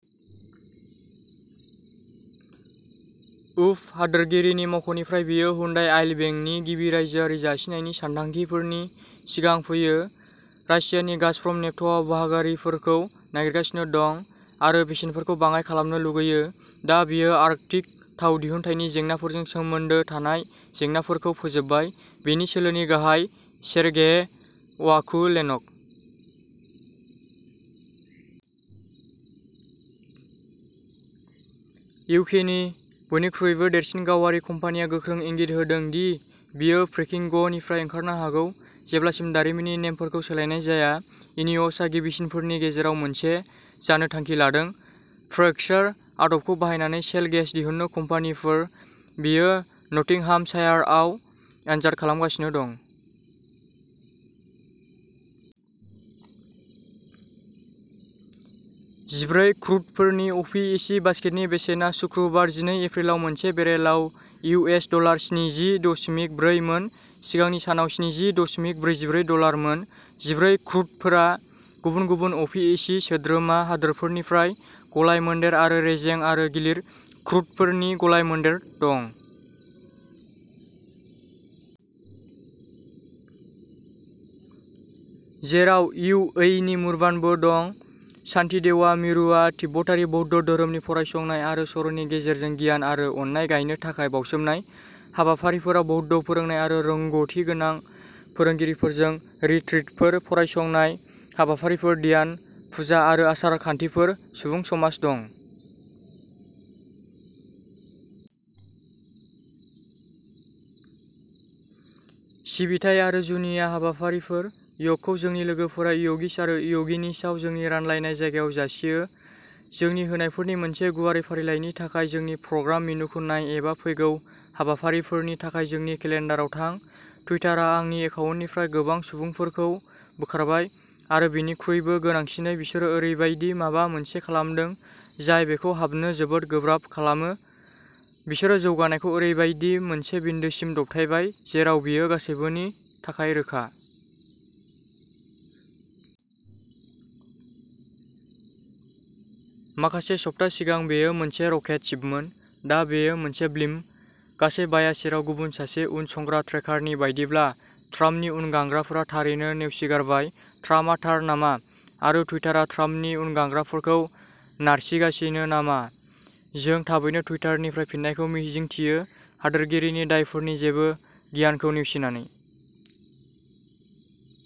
उप हादोरगिरिनि मावख'निफ्राय बेयो हुन्डाइ अइलबेंकनि गिबि रायजोआरि जासिनायनि सानथांखिफोरनि सिगां फैयो। रासियानि गाजप्रम नेफ्टआ बाहागोआरिफोरखौ नागिरगासिनो दं आरो बेसेनफोरखौ बाङाय खालामनो लुगैयो दा बेयो आर्कटिक थाव दिहुन्थायनि जेंनाफोरजों सोमोन्दो थानाय जेंनाफोरखौ फोजोबबाय बेनि सोलोनि गाहाय 'सेरगेइ वाकुलेनक'। इउकेनि बयनिख्रुइबो देरसिन गावारि कम्पानिया" गोख्रों इंगित "होदों दि बियो फ्रेकिंगनिफ्राय ओंखारनो हागौ जेब्लासिम दारिमिननि नेमफोरखौ सोलायनाय जाया। इनिय'सआ गिबिसिनफोरनि गेजेराव मोनसे जानो थांखि लादों। फ्रैक्चर आदबखौ बाहायनानै शेल गेस दिहुननो कम्पानिफोर। बेयो नटिंहामशायारआव आनजाद खालामगासिनो दं। जिब्रै क्रुडफोरनि अ'पिइसि बास्केटनि बेसेना सुक्रुबार जिनै एप्रिलाव मोनसे बेरेलआव इउएस डलार स्निजि दशमिक ब्रै मोन सिगांनि सानाव स्निजि दशमिक ब्रैजिब्रै डलार मोन। जिब्रै क्रुडफोरा गुबुन गुबुन अ'पिइसि सोद्रोमा हादोरफोरनिफ्राय गलाय-मोनदेर आरो रेजें आरो गिलिर क्रुडफोरनि गलाय-मोनदेर दं। जेराव इउएइनि मुर्बानबो दं। शान्तिदेवा मिरुआ तिब्बतारि बौद्ध धोरोमनि फरायसंनाय आरो सर'नि गेजेरजों गियान आरो अननाय गायनो थाखाय बावसोमनाय। हाबाफारिफोराव बौद्ध फोरोंनाय आरो रोंग'थिगोनां फोरोंगिरिफोरजों रिट्रिटफोर, फरायसंनाय हाबाफारिफोर, ध्यान, पुजा आरो आसार-खान्थिफोर, सुबुं समाज दं। सिबिथाइ आरो जुनिया हाबाफारिफोर। य'गखौ जोंनि लोगोफोरा य'गिस आरो य'गिनिसआव जोंनि रानलायनाय जायगायाव जासियो। जोंनि होनायफोरनि मोनसे गुवारै फारिलाइनि थाखाय जोंनि प्रग्राम मेनुखौ नाय एबा फैगौ हाबाफारिफोरनि थाखाय जोंनि केलेन्डाराव थां। टुइटारआ आंनि एकाउन्टनिफ्राय गोबां सुबुंफोरखौ बोखारबाय आरो बेनिख्रुइबो गोनांसिनै बिसोरो ओरैबायदि माबा मोनसे खालामदों जाय बेखौ हाबनो जोबोद गोब्राब खालामो बिसोरो जौगानायखौ ओरैबायदि मोनसे बिन्दोसिम दबथायबाय जेराव बेयो गासैबोनि थाखाय रोखा। माखासे सप्ता सिगां बेयो मोनसे रकेट शिपमोन दा बेयो मोनसे ब्लिम्प। गासै बायास जेराव गुबुन सासे उनसंग्रा ट्रेकारनि बायदिब्ला ट्राम्पनि उनगांग्राफोरा थारैनो नेवसिगारबाय। ट्राम्पआ थार नामा, आरो टुइटारआ ट्राम्पनि उनगांग्राफोरखौ नारसिगासिनो नामा? जों थाबैनो टुइटारनिफ्राय फिननायखौ मिजिंथियो, हादोरगिरिनि दायफोरनि जेबो गियानखौ नेवसिनानै।